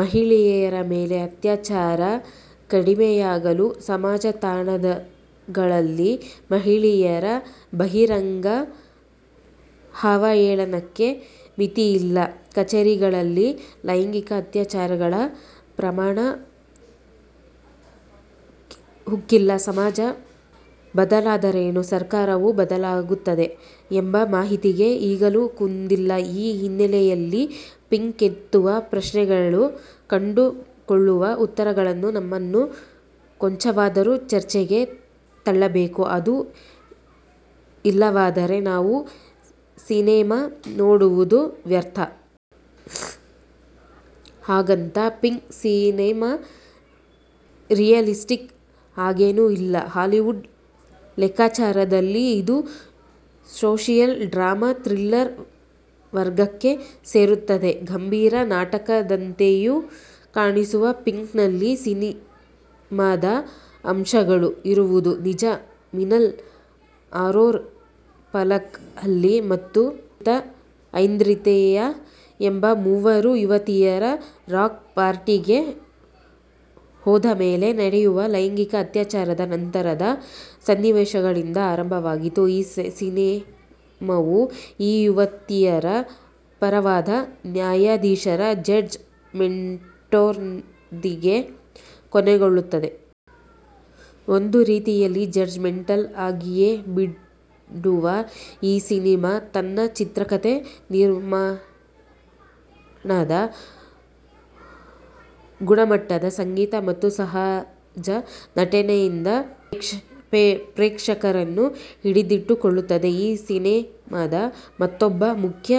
ಮಹಿಳೆಯರ ಮೇಲೆ ಅತ್ಯಾಚಾರ ಕಡಿಮೆಯಾಗಿಲ್ಲ; ಸಮಾಜತಾಣಗಳಲ್ಲಿ ಮಹಿಳೆಯರ ಬಹಿರಂಗ ಅವಹೇಳನಕ್ಕೆ ಮಿತಿಯಿಲ್ಲ; ಕಚೇರಿಗಳಲ್ಲಿ ಲೈಂಗಿಕ ಅತ್ಯಾಚಾರಗಳ ಪ್ರಮಾಣ ಕುಗ್ಗಿಲ್ಲ. ಸಮಾಜ ಬದಲಾದರೇನೇ ಸರ್ಕಾರವೂ ಬದಲಾಗುತ್ತದೆ ಎಂಬ ಮಾತಿಗೆ ಈಗಲೂ ಕುಂದಿಲ್ಲ. ಈ ಹಿನ್ನೆಲೆಯಲ್ಲಿ 'ಪಿಂಕ್' ಎತ್ತುವ ಪ್ರಶ್ನೆಗಳು, ಕಂಡುಕೊಳ್ಳುವ ಉತ್ತರಗಳು ನಮ್ಮನ್ನು ಕೊಂಚವಾದರೂ ಚರ್ಚೆಗೆ ತಳ್ಳಬೇಕು; ಅದೂ ಇಲ್ಲವಾದರೆ ನಾವು ಸಿನೆಮಾ ನೋಡುವುದೂ ವ್ಯರ್ಥ. ಹಾಗಂತ ಪಿಂಕ್' ಸಿನೆಮಾ ರಿಯಲಿಸ್ಟಿಕ್ ಆಗೇನೂ ಇಲ್ಲ; ಹಾಲಿವುಡ್ ಲೆಕ್ಕಾಚಾರದಲ್ಲಿ ಇದು ಸೋಶಿಯಲ್ ಡ್ರಾಮಾ ಥ್ರಿಲ್ಲರ್'ವರ್ಗಕ್ಕೆ ಸೇರುತ್ತದೆ. ಗಂಭೀರ ನಾಟಕದಂತೆಯೂ ಕಾಣಿಸುವ ಪಿಂಕ್'ನಲ್ಲಿ ಸಿನೆಮಾದ ಅಂಶಗಳೂ ಇರುವುದು ನಿಜ. ಮಿನಾಲ್ ಅರೋರಾ, ಫಲಕ್ ಆಲಿ ಮತ್ತು ಆಂದ್ರಿಯಾ ಎಂಬ ಮೂವರು ಯುವತಿಯರು ರಾಕ್ ಪಾರ್ಟಿಗೆ ಹೋದಮೇಲೆ ನಡೆಯುವ ಲೈಂಗಿಕ ಅತ್ಯಾಚಾರದ ನಂತರದ ಸನ್ನಿವೇಶಗಳಿಂದ ಆರಂಭವಾಗುವ ಈ ಸಿನೆಮಾವು ಈ ಯುವತಿಯರ ಪರವಾದ ನ್ಯಾಯಾಧೀಶರ ಜಡ್ಜ್ ಮೆಂಟ್ನೊಂದಿಗೆ ಕೊನೆಗೊಳ್ಳುತ್ತದೆ. ಒಂದು ರೀತಿಯಲ್ಲಿ ಜಡ್ಜ್ ಮೆಂಟಲ್ಲಿ ಆಗಿಯೇಬಿಡುವ ಈ ಸಿನೆಮಾ ತನ್ನ ಚಿತ್ರಕಥೆ, ನಿರ್ಮಾಣದ ಗುಣಮಟ್ಟ, ಸಂಗೀತ ಮತ್ತು ಸಹಜ ನಟನೆಯಿಂದ ಪ್ರೇಕ್ಷಕರನ್ನು ಹಿಡಿದಿಟ್ಟುಕೊಳ್ಳುತ್ತದೆ. ಈ ಸಿನೆಮಾದ ಮೊತ್ತೊಬ್ಬ ಮುಖ್ಯ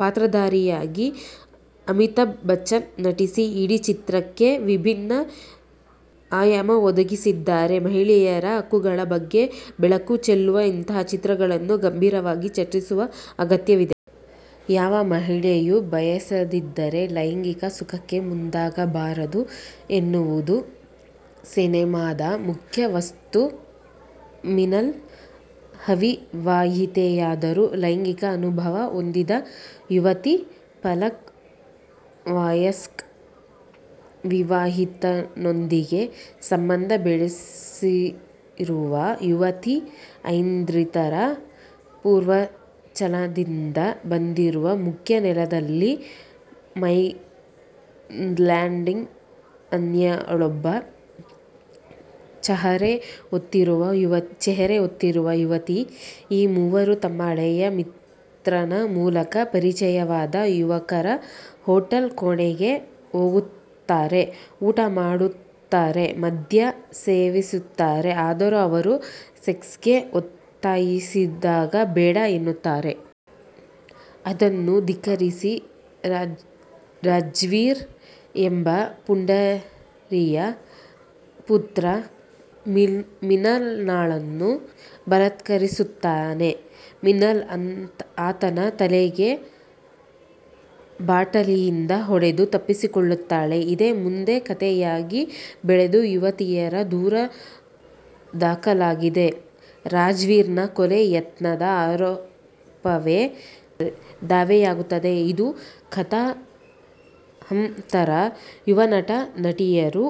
ಪಾತ್ರಧಾರಿಯಾಗಿ ಅಮಿತಾಭ್ ಬಚ್ಚನ್ ನಟಿಸಿ ಇಡೀ ಚಿತ್ರಕ್ಕೆ ವಿಭಿನ್ನ ಆಯಾಮ ಒದಗಿಸಿದ್ದಾರೆ. ಮಹಿಳೆಯರ ಹಕ್ಕುಗಳ ಬಗ್ಗೆ ಬೆಳಕು ಚೆಲ್ಲುವ ಇಂಥ ಚಿತ್ರಗಳನ್ನು ಗಂಭೀರವಾಗಿ ಚರ್ಚಿಸುವ ಅಗತ್ಯವಿದೆ. ಯಾವ ಮಹಿಳೆಯೂ ಬಯಸದಿದ್ದರೆ ಲೈಂಗಿಕ ಸುಖಕ್ಕೆ ಮುಂದಾಗಬಾರದು ಎನ್ನುವುದು ಸಿನೆಮಾದ ಮುಖ್ಯ ವಸ್ತು. ಮಿನಾಲ್: ಅವಿವಾಹಿತೆಯಾದರೂ ಲೈಂಗಿಕ ಅನುಭವ ಹೊಂದಿದ ಯುವತಿ; ಫಲಕ್: ವಯಸ್ಕ ವಿವಾಹಿತನೊಂದಿಗೆ ಸಂಬಂಧ ಬೆಳೆಸಿರುವ ಯುವತಿ; ಆಂದ್ರಿಯಾ ಪೂರ್ವಾಂಚಲದಿಂದ ಬಂದಿರುವ, ಮುಖ್ಯನೆಲದಲ್ಲಿ –ಮೈನ್ಲ್ಯಾಂಡ್- ಅನ್ಯಳೆಂಬ ಚಹರೆ ಹೊತ್ತಿರುವ ಯುವತಿ. ಈ ಮೂವರೂ ತಮ್ಮ ಹಳೆಯ ಮಿತ್ರನ ಮೂಲಕ ಪರಿಚಯವಾದ ಯುವಕರ ಹೋಟೆಲ್ ಕೋಣೆಗೆ ಹೋಗುತ್ತಾರೆ; ಊಟ ಮಾಡುತ್ತಾರೆ; ಮದ್ಯ ಸೇವಿಸುತ್ತಾರೆ; ಆದರೂ ಅವರು ಸೆಕ್ಸ್ ಗೆ ಒತ್ತಾಯಿಸಿದಾಗ ಬೇಡ' ಎನ್ನುತ್ತಾರೆ. ಅದನ್ನೂ ಧಿಕ್ಕರಿಸಿ ರಾಜ್ವೀರ್ ಎಂಬ ಪುಢಾರಿಯ ಪುತ್ರ ಮಿನಾಲ್ಳನ್ನು ಬಲಾತ್ಕಾರಿಸುತ್ತಾನೆ; ಮಿನಾಲ್ ಆತನ ತಲೆಗೆ ಬಾಟಲಿಯಿಂದ ಹೊಡೆದು ತಪ್ಪಿಸಿಕೊಳ್ಳುತ್ತಾಳೆ. ಇದೇ ಮುಂದೆ ಕಥೆಯಾಗಿ ಬೆಳೆದು ಯುವತಿಯರ ದೂರು ದಾಖಲಾಗದೆ ರಾಜ್ವೀರ್ ನ ಕೊಲೆ ಯತ್ನದ ಆರೋಪವೇ ದಾವೆಯಾಗುತ್ತದೆ. ಇದು ಕಥಾ ಹಂದರ. ಯುವ ನಟ-ನಟಿಯರು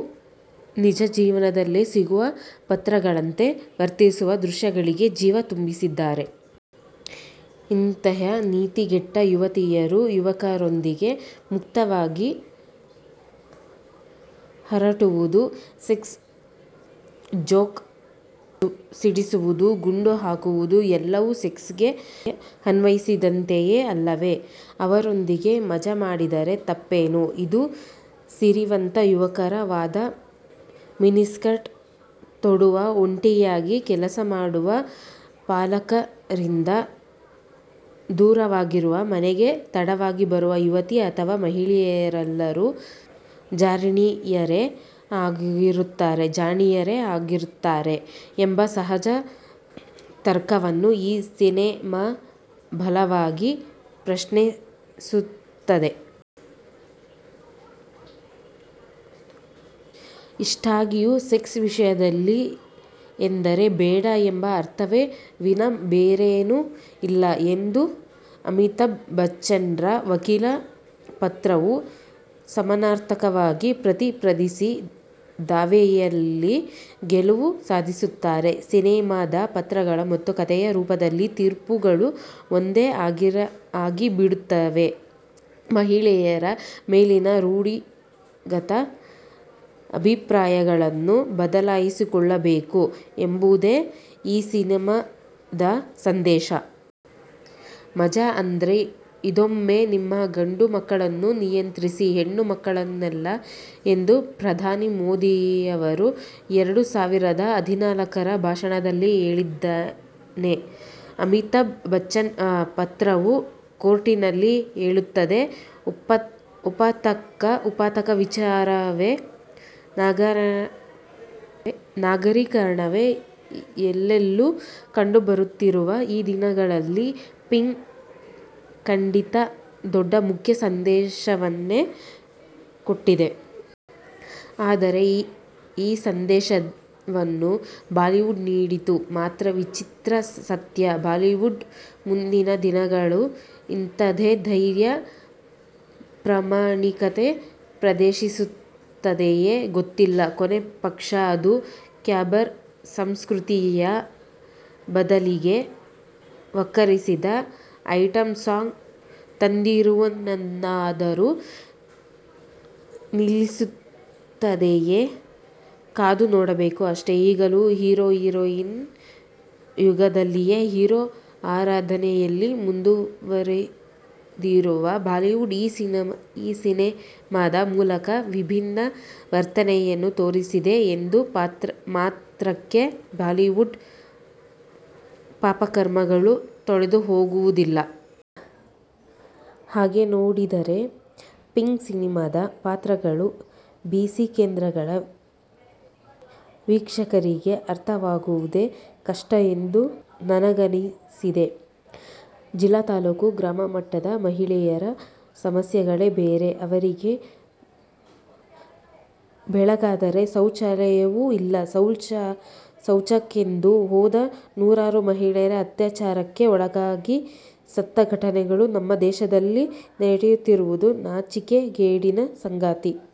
ನಿಜಜೀವನದಲ್ಲೇ ಸಿಗುವ ಪಾತ್ರಗಳಂತೆ ವರ್ತಿಸಿ ದೃಶ್ಯಗಳಿಗೆ ಜೀವ ತುಂಬಿಸಿದ್ದಾರೆ. ಇಂಥ ನೀತಿಗೆಟ್ಟ' ಯುವತಿಯರು ಯುವಕರೊಂದಿಗೆ ಮುಕ್ತವಾಗಿ ಹರಟುವುದು, ಸೆಕ್ಸ್ ಜೋಕ್ ಸಿಡಿಸುವುದು, ಗುಂಡು ಹಾಕುವುದು- ಎಲ್ಲವೂ ಸೆಕ್ಸ್ ಗೆ ಆಹ್ವಾನಿಸಿದಂತೆಯೇ ಅಲ್ಲವೆ? ಅವರೊಂದಿಗೆ ಮಜಾ ಮಾಡಿದರೆ ತಪ್ಪೇನು? '– ಇದು ಸಿರಿವಂತ ಯುವಕರ ವಾದ. ಮಿನಿಸ್ಕರ್ಟ್ ತೊಡುವ, ಒಂಟಿಯಾಗಿ ಕೆಲಸ ಮಾಡುವ, ಪಾಲಕರಿಂದ ದೂರವಾಗಿರುವ, ಮನೆಗೆ ತಡವಾಗಿ ಬರುವ ಯುವತಿ ಅಥವ ಮಹಿಳೆಯರೆಲ್ಲರೂ ಜಾರಿಣಿಯರೇ ಆಗಿರುತ್ತಾರೆ ಎಂಬ ಸಹಜ ತರ್ಕವನ್ನು ಈ ಸಿನೆಮಾ ಬಲವಾಗಿ ಪ್ರಶ್ನಿಸುತ್ತದೆ. ಇಷ್ಟಾಗಿಯೂ, ಸೆಕ್ಸ್ ವಿಷಯದಲ್ಲಿ ಎಂದರೆ ಬೇಡ ಎಂಬ ಅರ್ಥವೇ ವಿನಃ ಬೇರೇನೂ ಇಲ್ಲ ಎಂದು ಅಮಿತಾಭ್ ಬಚ್ಚನ್ರ ವಕೀಲ ಪಾತ್ರವು ಸಮರ್ಥವಾಗಿ ಪ್ರತಿಪಾದಿಸಿ ದಾವೆಯಲ್ಲಿ ಗೆಲುವು ಸಾಧಿಸುತ್ತದೆ. ಸಿನೆಮಾದ ಪಾತ್ರಗಳ ಮತ್ತು ಕಥೆಯ ರೂಪದ ತೀರ್ಪುಗಳು ಒಂದೇ ಆಗಿಬಿಡುತ್ತವೆ. ಮಹಿಳೆಯರ ಮೇಲಿನ ರೂಢಿಗತ ಅಭಿಪ್ರಾಯಗಳನ್ನು ಬದಲಿಸಿಕೊಳ್ಳಬೇಕು ಎಂಬುದೇ ಈ ಸಿನೆಮಾದ ಸಂದೇಶ. ಮಜಾ ಅಂದ್ರೆ ಹಿಂದೊಮ್ಮೆ ನಿಮ್ಮ ಗಂಡು ಮಕ್ಕಳನ್ನು ನಿಯಂತ್ರಿಸಿ, ಹೆಣ್ಣು ಮಕ್ಕಳನ್ನಲ್ಲ' ಎಂದು ಪ್ರಧಾನಿ ಮೋದಿಯವರು ಎರಡು ಸಾವಿರದ ಹದಿನಾಲ್ಕರ ಭಾಷಣದಲ್ಲಿ ಹೇಳಿದ್ದನ್ನೇ ಅಮಿತಾಭ್ ಬಚ್ಚನ್ ಪಾತ್ರವೂ ಕೋರ್ಟಿನಲ್ಲಿ ಹೇಳುತ್ತದೆ. ಒಪ್ಪತಕ್ಕ ವಿಚಾರವೇ. ನಗರೀಕರಣವೇ ಎಲ್ಲೆಲ್ಲೂ ಕಂಡುಬರುತ್ತಿರುವ ಈ ದಿನಗಳಲ್ಲಿ ಪಿಂಕ್' ಖಂಡಿತ ದೊಡ್ಡ, ಮುಖ್ಯ ಸಂದೇಶವನ್ನೇ ಕೊಟ್ಟಿದೆ. ಆದರೆ ಈ ಸಂದೇಶವನ್ನು ಬಾಲಿವುಡ್ ನೀಡಿದ್ದು ಮಾತ್ರ ವಿಚಿತ್ರ ಸತ್ಯ. ಬಾಲಿವುಡ್ ಮುಂದಿನ ದಿನಗಳಲ್ಲೂ ಇಂಥದ್ದೇ ಧೈರ್ಯ, ಪ್ರಾಮಾಣಿಕತೆ ಪ್ರದರ್ಶಿಸುತ್ತದೆಯೆ? ಗೊತ್ತಿಲ್ಲ. ಕೊನೇ ಪಕ್ಷ ಅದು ಕ್ಯಾಬರೆ ಸಂಸ್ಕೃತಿಯ ಬದಲಿಗೆ ವಕ್ಕರಿಸಿದ ಐಟಂ ಸಾಂಗ್ ತಂದಿರುವುದನ್ನಾದರೂ ನಿಲ್ಲಿಸುತ್ತದೆಯೆ? ಕಾದು ನೋಡಬೇಕು, ಅಷ್ಟೆ. ಈಗಲೂ ಹೀರೋ-ಹೀರೋಯಿನ್ ಯುಗದಲ್ಲೇ ಹೀರೋ ಆರಾಧನೆ'ಯಲ್ಲಿ ಮುಂದುವರಿದಿರುವ ಬಾಲಿವುಡ್ ಈ ಸಿನೆಮಾದ ಮೂಲಕ ವಿಭಿನ್ನ ವರ್ತನೆಯನ್ನು ತೋರಿಸಿದೆ ಎಂದ ಮಾತ್ರಕ್ಕೆ ಬಾಲಿವುಡ್ನ ಪಾಪಕರ್ಮಗಳು ತೊಳೆದುಹೋಗುವುದಿಲ್ಲ. ಹಾಗೆ ನೋಡಿದರೆ ಪಿಂಕ್' ಸಿನೆಮಾದ ಪಾತ್ರಗಳು ಬಿ-ಸಿ ಕೇಂದ್ರಗಳ ವೀಕ್ಷಕರಿಗೆ ಅರ್ಥವಾಗುವುದೇ ಕಷ್ಟ ಎಂದು ನನಗನ್ನಿಸಿದೆ. ಜಿಲ್ಲಾ-ತಾಲೂಕು-ಗ್ರಾಮಮಟ್ಟದ ಮಹಿಳೆಯರ ಸಮಸ್ಯೆಗಳೇ ಬೇರೆ. ಅವರಿಗೆ ಬೆಳಗಾದರೆ ಶೌಚಾಲಯವೂ ಇಲ್ಲ. ಶೌಚಕ್ಕೆಂದು ಹೋದ ನೂರಾರು ಮಹಿಳೆಯರು ಅತ್ಯಾಚಾರಕ್ಕೆ ಒಳಗಾಗಿ ಸತ್ತ ಘಟನೆಗಳು ನಮ್ಮ ದೇಶದಲ್ಲಿ ನಡೆದಿರುವುದು ನಾಚಿಕೆಗೇಡಿನ ಸಂಗತಿ.